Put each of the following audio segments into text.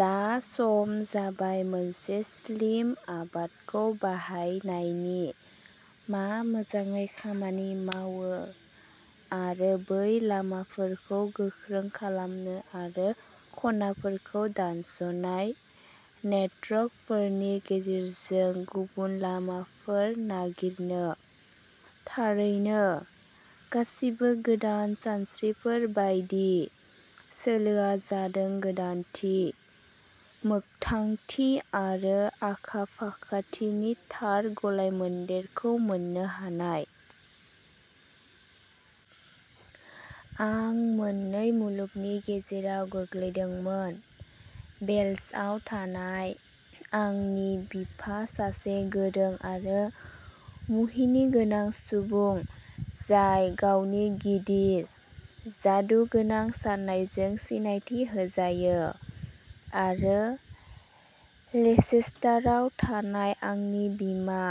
दा सम जाबाय मोनसे स्लिम आदबखौ बाहायनायनि, मा मोजाङै खामानि मावो आरो बै लामाफोरखौ गोख्रों खालामनो आरो खनाफोरखौ दानस'नाय नेटवर्कफोरनि गेजेरजों गुबुन लामाफोर नागिरनो। थारैनो, गासैबो गोदान सानस्रिफोर बायदि, सोलोआ जादों गोदानथि, मोगथांथि आरो आखा-फाखाथिनि थार गलायमोन्देरखौ मोन्नो हानाय। आं मोननै मुलुगनि गेजेराव गोग्लैदोंमोनः वेल्सआव थानाय आंनि बिफा-सासे गोरों आरो मुहिनिगोनां सुबुं, जाय गावनि गिदिर, जादुगोनां साननायजों सिनायथि होजायो, आरो लेसेस्टाराव थानाय आंनि बिमा,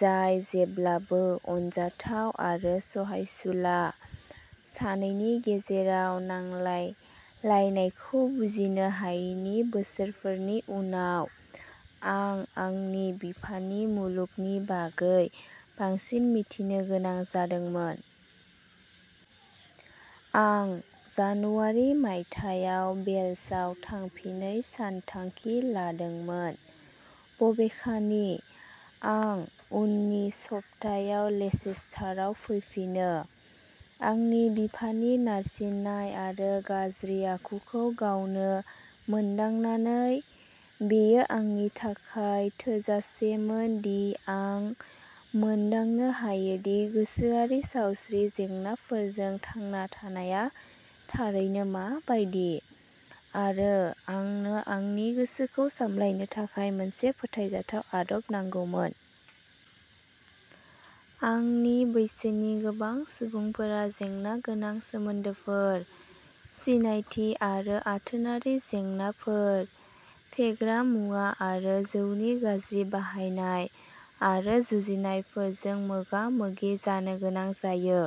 जाय जेब्लाबो अनजाथाव आरो सहायसुला। सानैनि गेजेराव नांलायलायनायखौ बुजिनो हायैनि बोसोरफोरनि उनाव, आं आंनि बिफानि मुलुगनि बागै बांसिन मिथिनो गोनां जादोंमोन। आं जानुवारि मायथाइयाव वेल्सआव थांफिनै सानथांखि लादोंमोन। बबेखानि, आं उननि सप्तायाव लेसेस्टारआव फैफिनो, आंनि बिफानि नारसिननाय आरो गाज्रि आखुखौ गावनो मोनदांनानै। बेयो आंनि थाखाय थोजासेमोन दि आं मोनदांनो हायोदि गोसोआरि सावस्रि जेंनाफोरजों थांना थानाया थारैनो मा बायदि, आरो आंनो आंनि गोसोखौ सामलायनो थाखाय मोनसे फोथायजाथाव आदब नांगौमोन। आंनि बैसोनि गोबां सुबुंफोरा जेंनागोनां सोमोन्दोफोर, सिनायथि आरो आथोनारि जेंनाफोर, फेग्रा मुवा आरो जौनि गाज्रि बाहायनाय, आरो जुजिनायफोरजों मोगा-मोगि जानो गोनां जायो।